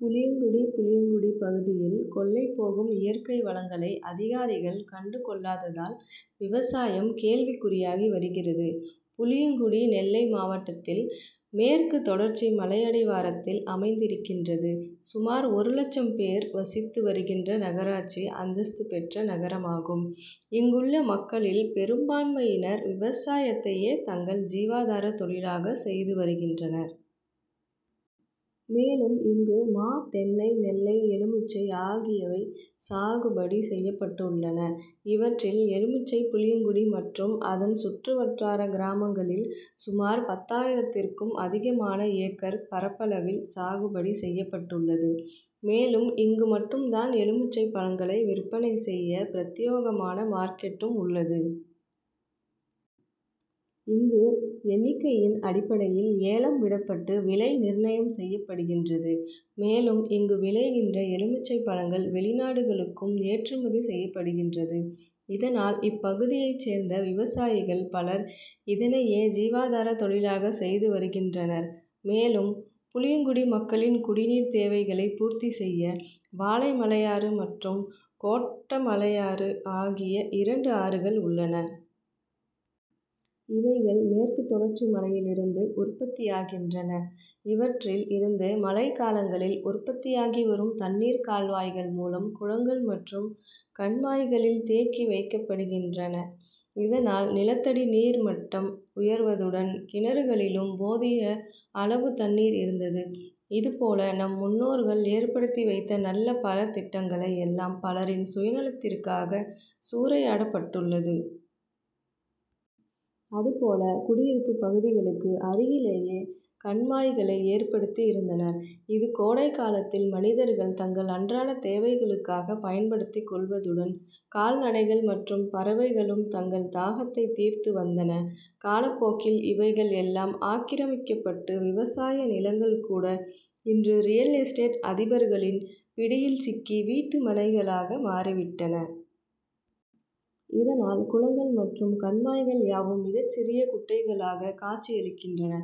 புளியங்குடி புளியங்குடி பகுதியில் கொள்ளைபோகும் இயற்கை வளங்களை அதிகாரிகள் கண்டு கொள்ளாததால் விவசாயம் கேள்விக்குறியாகி வருகிறது. புளியங்குடி நெல்லை மாவட்டத்தில் மேற்கு தொடர்ச்சி மலையடிவாரத்தில் அமைந்திருக்கின்றது. சுமார் ஒரு லட்சம் பேர் வசித்து வருகின்ற நகராட்சி அந்தஸ்து பெற்ற நகரமாகும். இங்குள்ள மக்களில் பெரும்பான்மையினர் விவசாயத்தையே தங்கள் ஜீவாதார தொழிலாக செய்து வருகின்றனர். மேலும் இங்கு மா, தென்னை, நெல்லை, எலுமிச்சை ஆகியவை சாகுபடி செய்யப்பட்டுள்ளன. இவற்றில் எலுமிச்சை புளியங்குடி மற்றும் அதன் சுற்றுவட்டார கிராமங்களில் சுமார் பத்தாயிரத்திற்கும் அதிகமான ஏக்கர் பரப்பளவில் சாகுபடி செய்யப்பட்டுள்ளது. மேலும் இங்கு மட்டும் தான் எலுமிச்சை பழங்களை விற்பனை செய்ய பிரத்யேகமான மார்க்கெட்டும் உள்ளது. இங்கு எண்ணிக்கையின் அடிப்படையில் ஏலம் விடப்பட்டு விலை நிர்ணயம் செய்யப்படுகின்றது. மேலும் இங்கு விளைகின்ற எலுமிச்சை பழங்கள் வெளிநாடுகளுக்கும் ஏற்றுமதி செய்யப்படுகின்றது. இதனால் இப்பகுதியை சேர்ந்த விவசாயிகள் பலர் இதனையே ஜீவாதார தொழிலாக செய்து வருகின்றனர். மேலும் புளியங்குடி மக்களின் குடிநீர் தேவைகளை பூர்த்தி செய்ய வாலைமலையாறு மற்றும் கோட்டமலையாறு ஆகிய இரண்டு ஆறுகள் உள்ளன. இவைகள் மேற்குத் தொடர்ச்சி மலையில் இருந்து உற்பத்தியாகின்றன. இவற்றில் இருந்து மலைக்காலங்களில் உற்பத்தியாகி வரும் தண்ணீர் கால்வாய்கள் மூலம் குளங்கள் மற்றும் கண்மாய்களில் தேக்கி வைக்கப்படுகின்றன. இதனால் நிலத்தடி நீர்மட்டம் உயர்வதுடன் கிணறுகளிலும் போதிய அளவு தண்ணீர் இருந்தது. இதுபோல நம் முன்னோர்கள் ஏற்படுத்தி வைத்த நல்ல பல திட்டங்களை எல்லாம் பலரின் சுயநலத்திற்காக சூறையாடப்பட்டுள்ளது. அதுபோல குடியிருப்பு பகுதிகளுக்கு அருகிலேயே கண்மாய்களை ஏற்படுத்தி இருந்தனர். இது கோடைகாலத்தில் மனிதர்கள் தங்கள் அன்றாட தேவைகளுக்காக பயன்படுத்தி கொள்வதுடன் கால்நடைகள் மற்றும் பறவைகளும் தங்கள் தாகத்தை தீர்த்து வந்தன. காலப்போக்கில் இவைகள் எல்லாம் ஆக்கிரமிக்கப்பட்டு விவசாய நிலங்கள் கூட இன்று ரியல் எஸ்டேட் அதிபர்களின் பிடியில் சிக்கி வீட்டுமனைகளாக மாறிவிட்டன. இதனால் குளங்கள் மற்றும் கண்மாய்கள் யாவும் மிகச்சிறிய குட்டைகளாக காட்சியளிக்கின்றன.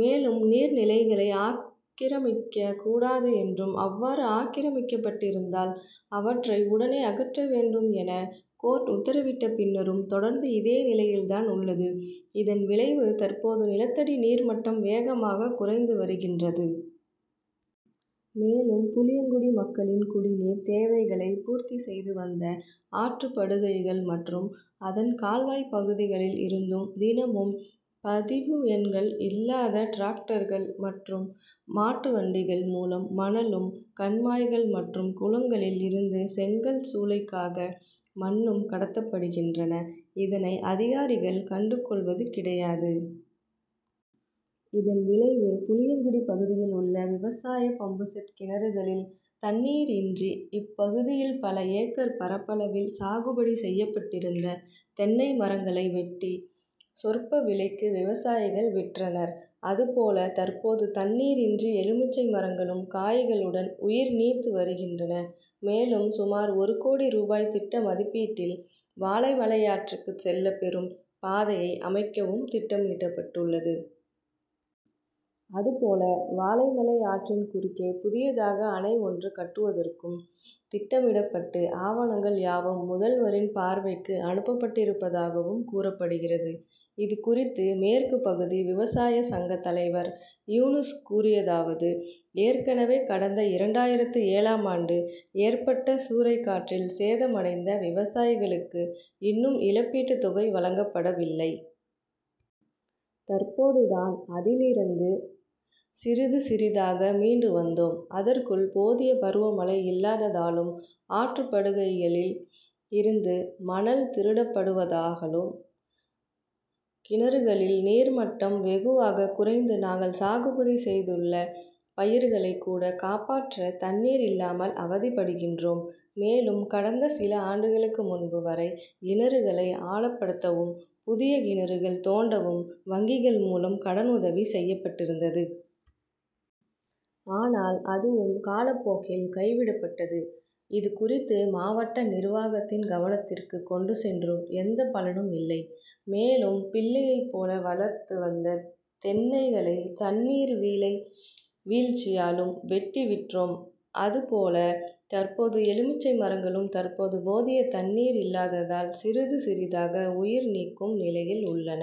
மேலும் நீர்நிலைகளை ஆக்கிரமிக்க கூடாது என்றும் அவ்வாறு ஆக்கிரமிக்கப்பட்டிருந்தால் அவற்றை உடனே அகற்ற வேண்டும் என கோர்ட் உத்தரவிட்ட பின்னரும் தொடர்ந்து இதே நிலையில்தான் உள்ளது. இதன் விளைவு தற்போது நிலத்தடி நீர்மட்டம் வேகமாக குறைந்துவருகின்றது. மேலும் புளியங்குடி மக்களின் குடிநீர் தேவைகளை பூர்த்தி செய்து வந்த ஆற்றுப்படுகைகள் மற்றும் அதன் கால்வாய் பகுதிகளில் இருந்தும் தினமும் பதிவு எண்கள் இல்லாத டிராக்டர்கள் மற்றும் மாட்டு வண்டிகள் மூலம் மணலும், கண்மாய்கள் மற்றும் குளங்களில் இருந்து செங்கல் சூளைக்காக மண்ணும் கடத்தப்படுகின்றன. இதனை அதிகாரிகள் கண்டுகொள்வது கிடையாது. இதன் விளைவு புளியங்குடி பகுதியில் உள்ள விவசாய பம்புசெட் கிணறுகளில் தண்ணீர் இன்றி இப்பகுதியில் பல ஏக்கர் பரப்பளவில் சாகுபடி செய்யப்பட்டிருந்த தென்னை மரங்களை வெட்டி சொற்ப விலைக்கு விவசாயிகள் விற்றனர். அதுபோல தற்போது தண்ணீரின்றி எலுமிச்சை மரங்களும் காய்களுடன் உயிர் நீத்து வருகின்றன. மேலும் சுமார் ஒரு கோடி ரூபாய் திட்ட மதிப்பீட்டில் வாலைமலையாற்றுக்கு செல்ல பெரும் பாதையை அமைக்கவும் திட்டமிடப்பட்டுள்ளது. அதுபோல வாலைமலை ஆற்றின் குறுக்கே புதியதாக அணை ஒன்று கட்டுவதற்கும் திட்டமிடப்பட்டு ஆவணங்கள் யாவும் முதல்வரின் பார்வைக்கு அனுப்பப்பட்டிருப்பதாகவும் கூறப்படுகிறது. இதுகுறித்து மேற்கு பகுதி விவசாய சங்க தலைவர் யூனுஸ் கூறியதாவது ஏற்கனவே கடந்த இரண்டாயிரத்து ஏழாம் ஆண்டு ஏற்பட்ட சூறைக்காற்றில் சேதமடைந்த விவசாயிகளுக்கு இன்னும் இழப்பீட்டு தொகை வழங்கப்படவில்லை. தற்போதுதான் அதிலிரந்து சிறிது சிறிதாக மீண்டு வந்தோம். அதற்குள் போதிய பருவமழை இல்லாததாலும், ஆற்றுப்படுகைகளில் இருந்து மணல் திருடப்படுவதாகலும் கிணறுகளில் நீர்மட்டம் வெகுவாக குறைந்து நாங்கள் சாகுபடி செய்துள்ள பயிர்களை கூட காப்பாற்ற தண்ணீர் இல்லாமல் அவதிப்படுகின்றோம். மேலும் கடந்த சில ஆண்டுகளுக்கு முன்பு வரை கிணறுகளை ஆழப்படுத்தவும், புதிய கிணறுகள் தோண்டவும் வங்கிகள் மூலம் கடனுதவி செய்யப்பட்டிருந்தது. ஆனால் அதுவம் காலப்போக்கில் கைவிடப்பட்டது. இதுகுறித்து மாவட்ட நிர்வாகத்தின் கவனத்திற்கு கொண்டு சென்றும் எந்த பலனும் இல்லை. மேலும் பிள்ளையைப் போல வளர்த்து வந்த தென்னைகளை தண்ணீர், விலை வீழ்ச்சியாலும் வெட்டி விற்றோம். அதுபோல தற்போது எலுமிச்சை மரங்களும் தற்போது போதிய தண்ணீர் இல்லாததால் சிறிது சிறிதாக உயிர்நீக்கும் நிலையில் உள்ளன.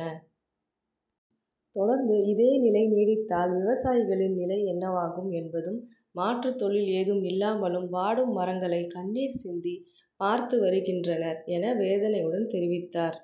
தொடர்ந்து இதே நிலை நீடித்தால் விவசாயிகளின் நிலை என்னவாகும் என்பதும் மாற்றுத் தொழில் ஏதும் இல்லாமலும், வாடும் மரங்களை கண்ணீர் சிந்தி பார்த்துவருகின்றனர் என வேதனையுடன் தெரிவித்தார்.